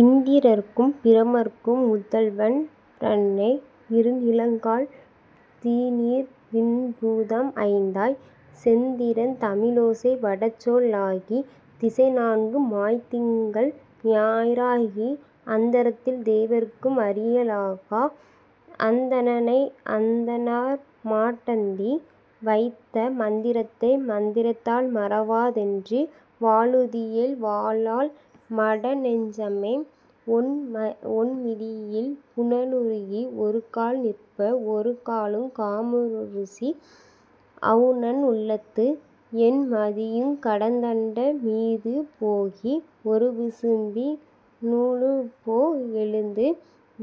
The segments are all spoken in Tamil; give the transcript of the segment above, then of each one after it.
இந்திரற்கும் பிரமற்கும் முதல்வன் றன்னை இருநிலம்கால் தீநீர்விண் பூதம் ஐந்தாய், செந்திறத்த தமிழோசை வடசொல் லாகித் திசைநான்கு மாய்த்திங்கள் ஞாயி றாகி, அந்தரத்தில் தேவர்க்கும் அறிய லாகா அந்தணனை அந்தணர்மாட் டந்தி வைத்த மந்திரத்தை, மந்திரத்தால் மறவா தென்றும் வாழுதியேல் வாழலாம் மடநெஞ் சம்மே. ஒண்மிதியில் புனலுருவி ஒருகால் நிற்ப ஒருகாலுங் காமருசீர் அவுணன் உள்ளத்து, எண்மதியுங் கடந்தண்ட மீது போகி இருவிசும்பி னூடுபோ யெழுந்து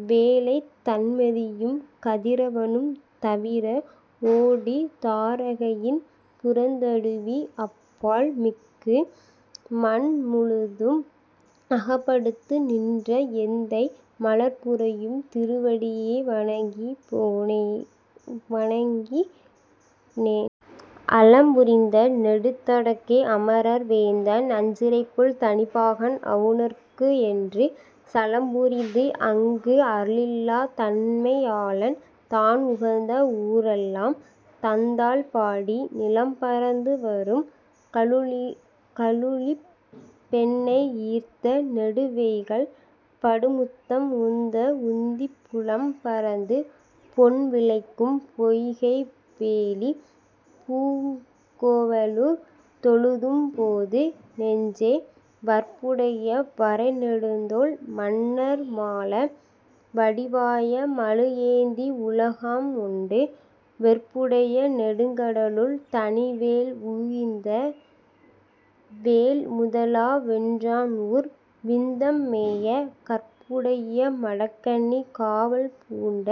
மேலைத் தண்மதியும் கதிரவனும் தவிர ஓடித் தாரகையின் புறந்தடவி அப்பால் மிக்கு, மண்முழுதும் அகப்படுத்து நின்ற எந்தை மலர்புரையும் திருவடியே வணங்கி னேனே. அலம்புரிந்த நெடுந்தடக்கை அமரர் வேந்தன் அஞ்சிறைப்புள் தனிப்பாகன் அவுணர்க் கென்றும், சலம்புரிந்தங் கருளில்லாத் தன்மை யாளன் தானுகந்த வூரெல்லாம் தந்தாள் பாடி, நிலம்பரந்து வரும்கலுழிப் பெண்ணை யீர்த்த நெடுவேய்கள் படுமுத்த முந்த வுந்தி, புலம்பரந்த பொன்விளைக்கும் பொய்கை வேலிப் பூங்கோவ லூர்த்தொழுதும் போது நெஞ்சே. வற்புடைய வரைநெடுந்தோள் மன்னர் மாள வடிவாய மழுவேந்தி யுலக மாண்டு, வெற்புடைய நெடுங்கடலுள் தனிவே லுய்த்த வேள்முதலா வென்றானூர் விந்தம் மேய, கற்புடைய மடக்கன்னி காவல் பூண்ட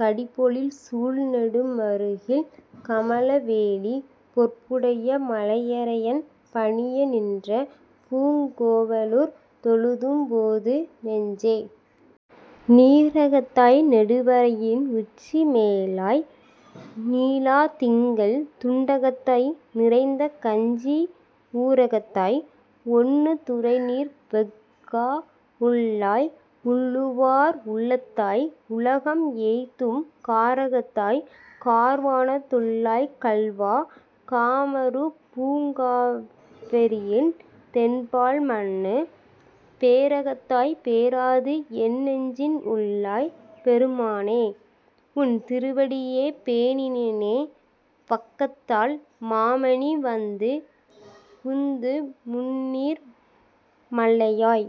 கடிபொழில்சூழ் நெடுமறுகில் கமல வேலி, பொற்புடைய மலையரையன் பணிய நின்ற பூங்கோவ லூர்த்தொழுதும் போது நெஞ்சே. நீரகத்தாய். நெடுவரையி னுச்சி மேலாய். நிலாத்திங்கள் துண்டகத்தாய். நிறைந்த கச்சி ஊரகத்தாய், ஒண்துரைநீர் வெஃகா வுள்ளாய். உள்ளுவா ருள்ளத்தாய், உலக மேத்தும் காரகத்தாய். கார்வானத் துள்ளாய். கள்வா. காமருபூங் காவிரியின் தென்பால் மன்னு பேரகத்தாய், பேராதென் நெஞ்சி னுள்ளாய். பெருமான்உன் திருவடியே பேணி னேனே. வங்கத்தால் மாமணிவந் துந்து முந்நீர் மல்லையாய்.